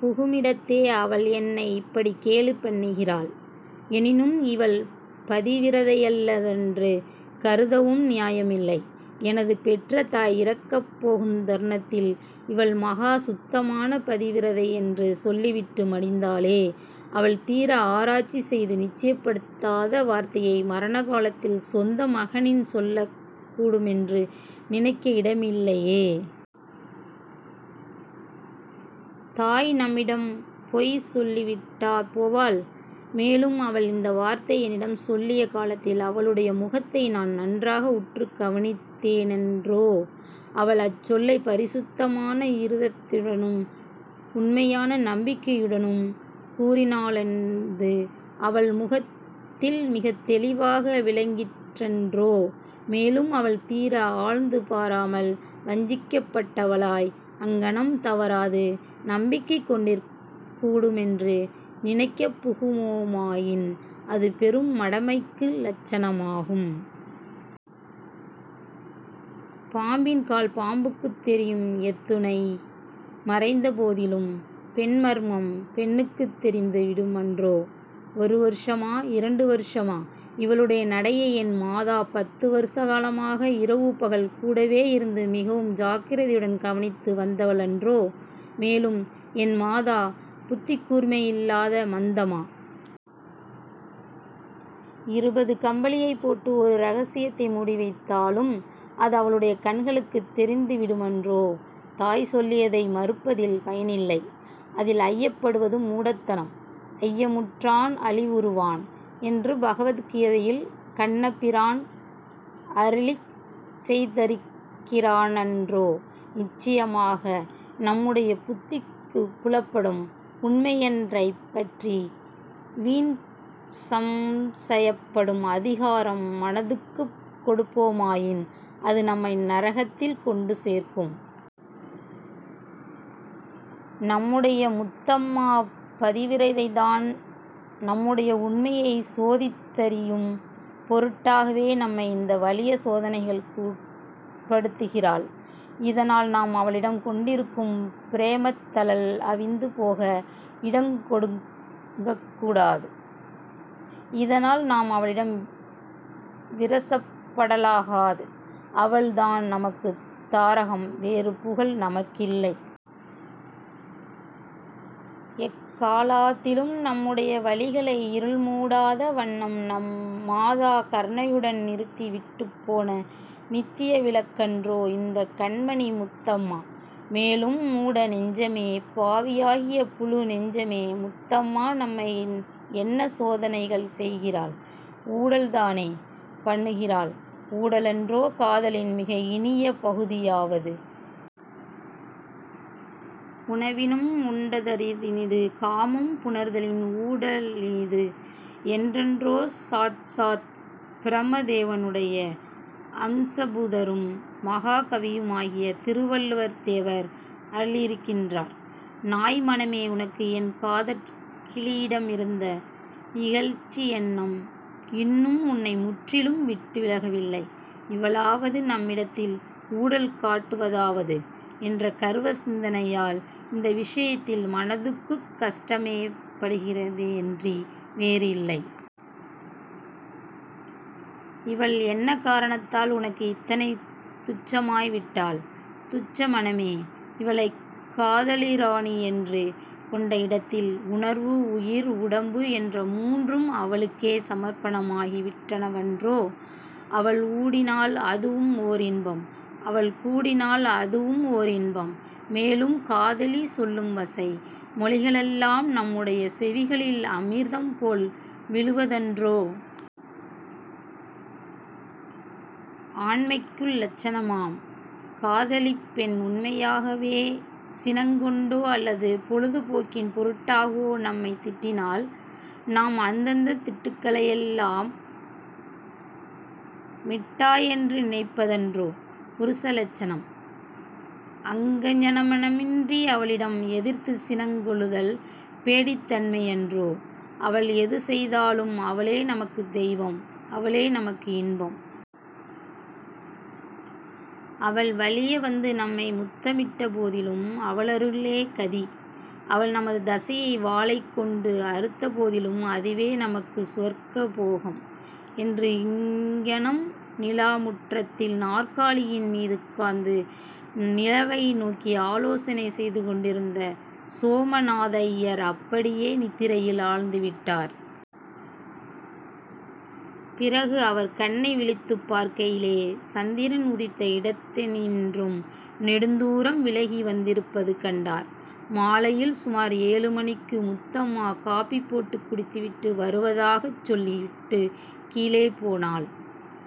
புகுமிடத்தே, அவள் என்னை இப்படிக் கேலி பண்ணுகிறாள். எனிலும் இவள் பதிவிரதையல்லளென்று கருதவும் நியாயமில்லை. எனது பெற்ற தாய் இறக்கப் போகுந் தருணத்தில் இவள் மகா சுத்தமான பதிவிரதையென்று சொல்லிவிட்டு மடிந்தாளே. அவள் தீர ஆராய்ச்சி செய்து நிச்சயப்படுத்தாத வார்த்தையை மரண காலத்தில் சொந்த மகனிம் சொல்லக் கூடுமென்று நினைக்க இடமில்லையே. தாய் நம்மிடம் பொய் சொல்லிவிட்டா போவாள்? மேலும், அவள் இந்த வார்த்தை என்னிடம் சொல்லிய காலத்தில், அவளுடைய முகத்தை நான் நன்றாக உற்று கவனித்தேனன்றோ? அவள் அச்சொல்லைப் பரிசுத்தமான இருதயத்துடனம் உண்மையான நம்பிக்கையுடனும் கூறினாளென்து அவள் முகத்தில் மிகத் தெளிவாக விளங்கிற்றன்றோ? மேலும், அவள் தீர ஆழ்ந்து பாராமல் வஞ்சிக்கப்பட்டவளாய் அங்ஙனம் தவறாது நம்பிக்கை கொண்டிருக்கக் கூடுமென்று நினைக்கப் புகுவோமாயின், அது பெரு மடைமைக்கு லட்சணமாகும். பாம்பின் கால் பாம்புக்குத் தெரியும். எத்துணை மறைந்த போதிலும் பெண் மர்மம் பெண்ணுக்குத் தெரிந்து விடுமன்றோ? ஒரு வருஷமா, இரண்டு வருஷமா? இவளுடைய நடையை என் மாதா பத்து வருஷகாலமாக, இரவு பகல் கூடவேயிருந்தது மிகவும் ஜாக்கிரதையுடன் கவனித்து வந்தவளன்றோ? மேலும் என் மாதா புத்திக்கூர்மையில்லாத மந்தமா? இருபது கம்பிளியை போட்டு ஒரு ரகசியத்தை மூடி வைத்தாலும், அது அவளுடைய கண்களுக்குத் தெரிந்து விடுமன்றோ? தாய் சொல்லியதை மறுப்பதில் பயனில்லை. அதில் ஐயப்படுவது மூடத்தனம். 'ஐயமுற்றான் அழிவுறுவான்' என்று பகவத் கீதையில் கண்ணபிரான் அருளிச் செய்திருக்கிறானன்றோ? நிச்சயமாக நம்முடைய புத்திக்குப் புலப்படும் உண்மையன்றைப் பற்றி வீண் சம்சயப் படும் அதிகாரம் மனத்துக்குக் கொடுப்போமாயின், அது நம்மை நரகத்தில் கொண்டு சேர்க்கும். நம்முடைய முத்தம்மா பதிவிரதைதான். நம்முடைய உண்மையைச் சோதி த்-தறியும் பொருட்டாகவே, நம்மை இந்த வலிய சோதனைகளுக்கு உட்படுத்துகிறாள். இதனால் நாம் அவளிடம் கொண்டிருக்கும் பிரேமைத் தழல் அவிந்து போக இடங் கொடுக்கக்கூடாது. இதனால் நாம் அவளிடம் விரசப்படலாகாது. அவள் தான் நமக்குத் தாரகம். வேறு புகல் நமக்கில்லை. எக்கலாத்திலும் நம்முடைய வழிகளை இருள் மூடாத வண்ணம் நம் மாதா கருணையுடன் நிறுத்தி விட்டுப்போன நித்ய விளக்கன்றோ இந்தக் கண்மணி முத்தம்மா? மேலும், மூட நெஞ்சமே! பாவியாகிய புழு நெஞ்சமே! முத்தம்மா நம்மை என்ன சோதனைகள் செய்கிறாள்? ஊடல் தானே பண்ணுகிறாள்? ஊடலன்றோ காதலின் மிக இனிய பகுதியாவது? உணவினும் உண்டதறலினிது காமம் புணர்தலின் ஊட லினிது என்றன்றோ சாட்சாத் பிரமதேவனுடைய அம்சபூதரும் மகாகவியுமாகிய திருவள்ளுவ தேவர் அருளியிருக்கின்றார். நாய் மனமே! உனக்கு என் காதற் கிளியிடமிருந்த இகழ்ச்சியெண்ணம் இன்னும் உன்னை முற்றிலும் விட்டு விலகவில்லை. 'இவளாவது? நம்மிடத்தில் ஊடல் காட்டுவதாவது? ' என்ற கர்வ சிந்தனையால், இந்த விஷயத்தில் மனதுக்குக் கஷ்டமேற்படுகிறதேயன்றி வேறில்லை. இவள் என்ன காரணத்தால் உனக்கு இத்தனை துச்சமாய் விட்டாள்? துச்ச மனமே? இவளைக் காதலிராணியென்று கொண்ட இடத்தில், உணர்வு, உயிர், உடம்பு என்ற மூன்றும் அவளுக்கே சமர்ப்பணமாகி விட்டனவன்றோ? அவள் ஊடினால் அதுவும் ஓரின்பம். அவள் கூடினால் அதுவும் ஓரின்பம். மேலும், காதலி சொல்லும் வசை மொழிகளெல்லாம் நம்முடைய செவிகளில் அமிர்தம் போல் விழுவதன்றோ? ஆண்மைக்கு லட்சணமாம்? காதலிப் பெண் உண்மையாகவே சினங் கொண்டோ அல்லது பொழுது போக்கின் பொருட்டாகவோ, நம்மைத் திட்டினால், நாம் அந்தந்த திட்டுக்களையெல்லாம் மிட்டாயென்று நினைப்பதன்றோ புருஷலட்சணம்? அங்கஙனமின்றி அவளிடம் எதிர்த்துச் சினங் கொள்ளுதல் பேடித்தன்மையன்றோ? அவள் எது செய்தாலும் அவளே நமக்குத் தெய்வம், அவளே நமக்கு இன்பம். அவள் வலிய வந்து நம்மை முத்தமிட்டபோதிலும், அவளருளே கதி. அவள் நமது தசையை வாளைக் கொண்டு அறுத்தபோதிலும், அதுவே நமக்கு சுவர்க்க போகம். '' என்று இங்ஙனம் நிலாமுற்றத்தில் நாற்காலியின் மீதுட்கார்ந்து நிலவை நோக்கி ஆலோசனை செய்து கொண்டிருந்த சோமநாதய்யர் அப்படியே நித்திரையில் ஆழ்ந்து விட்டார். பிறகு அவர் கண்ணை விழித்துப் பார்க்கையிலே, சந்திரன் உதித்த இடத்தினின்றும் நெடுந்தூரம் விலகிவந்திருப்பது கண்டார். மாலையில் சுமார் ஏழுமணிக்கு முத்தம்மா காபி போட்டுக் குடித்துவிட்டு வருவதாகச் சொல்லி விட்டுக் கீழே போனாள்.